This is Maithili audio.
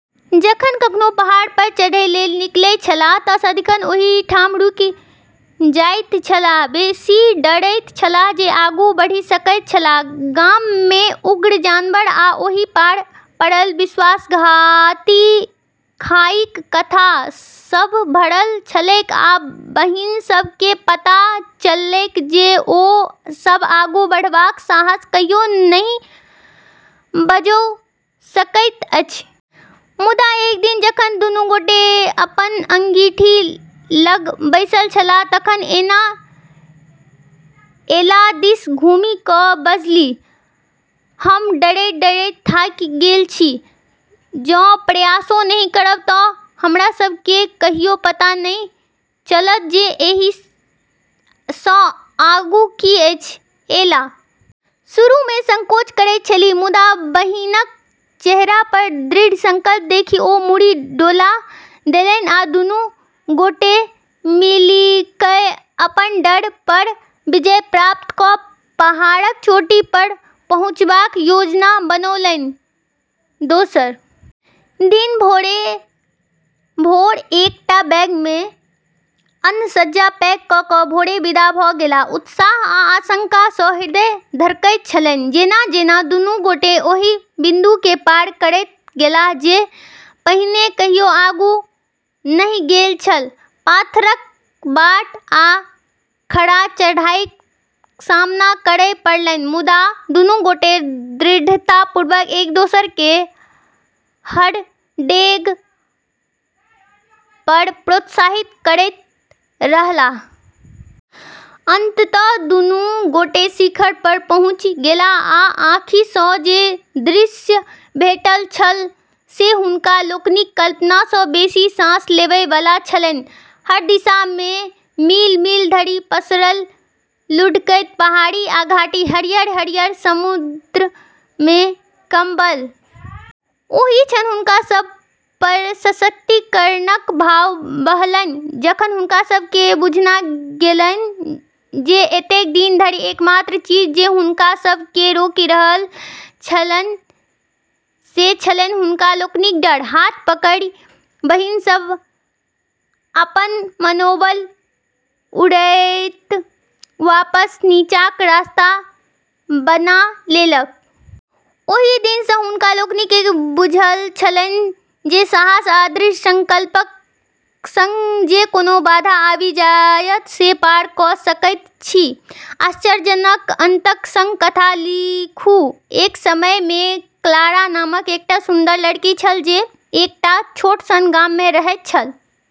जखन कखनो पहाड़ पर चढ़य लेल निकलैत छलाह तऽ सदिखन ओही ठाम रुकि जाइत छलाह, बेसी डरैत छलाह जे आगू बढ़ि सकैत छलाह । गाम मे उग्र जानवर आ ओहि पार पड़ल विश्वासघाती खाईक कथा सभ भरल छलैक आ बहिन सभ के पता चललैक जे ओ सभ आगू बढ़बाक साहस कहियो नहि बजौ सकैत अछि। मुदा एक दिन जखन दुनू गोटे अपन अंगीठी लग बैसल छलाह तखन एना एला दिस घुमि कऽ बजलीह, हम डरैत-डरैत थाकि गेल छी । जँ प्रयासो नहि करब तऽ हमरा सभ केँ कहियो पता नहि चलत जे एहि सँ आगू की अछि ।एला शुरू मे संकोच करैत छलीह, मुदा बहिनक चेहरा पर दृढ़ संकल्प देखि ओ मुड़ी डोला देलनि आ दुनू गोटे मिलिकय अपन डर पर विजय प्राप्त कऽ पहाड़क चोटी पर पहुँचबाक योजना बनौलनि ।दोसर दिन भोरे-भोर एकटा बैग मे अन्न-सज्जा पैक कऽ कऽ भोरे विदा भऽ गेलाह, उत्साह आ आशंका सँ हृदय धड़कैत छलनि। जेना-जेना दुनू गोटे ओहि बिन्दु केँ पार करैत गेलाह जे पहिने कहियो आगू नहि गेल छल, पाथरक बाट आ खड़ा चढ़ाईक सामना करय पड़लनि, मुदा दुनू गोटे दृढ़तापूर्वक एक-दोसर केँ हर डेग पर प्रोत्साहित करैत रहलाह । अंततः दुनू गोटे शिखर पर पहुँचि गेलाह, आ आँखि सँ जे दृश्य भेटल छल से हुनका लोकनिक कल्पना सँ बेसी साँस लेबय बला छलनि। हर दिशा मे मील-मील धरि पसरल लुढ़कैत पहाड़ी आ घाटी, हरियर-हरियर समुद्र मे कम्बल। ओहि क्षण हुनका सभ पर सशक्तिकरणक भाव बहलनि, जखन हुनका सभ केँ बुझना गेलनि जे एतेक दिन धरि एकमात्र चीज जे हुनका सभ केँ रोकि रहल छलनि से छलनि हुनका लोकनिक डर। हाथ पकड़ि बहिन सभ अपन मनोबल उड़ैत वापस नीचाँक रस्ता बना लेलक। ओहि दिन सँ हुनका लोकनि केँ बुझल छलनि जे साहस आ दृढ़ संकल्पक संग जे कोनो बाधा आबि जायत से पार कऽ सकैत छथि। आश्चर्यक अंतक संग कथा लिखू। एक समय मे क्लारा नामक एकटा सुन्दर लड़की छल जे एकटा छोट सन गाम मे रहैत छल।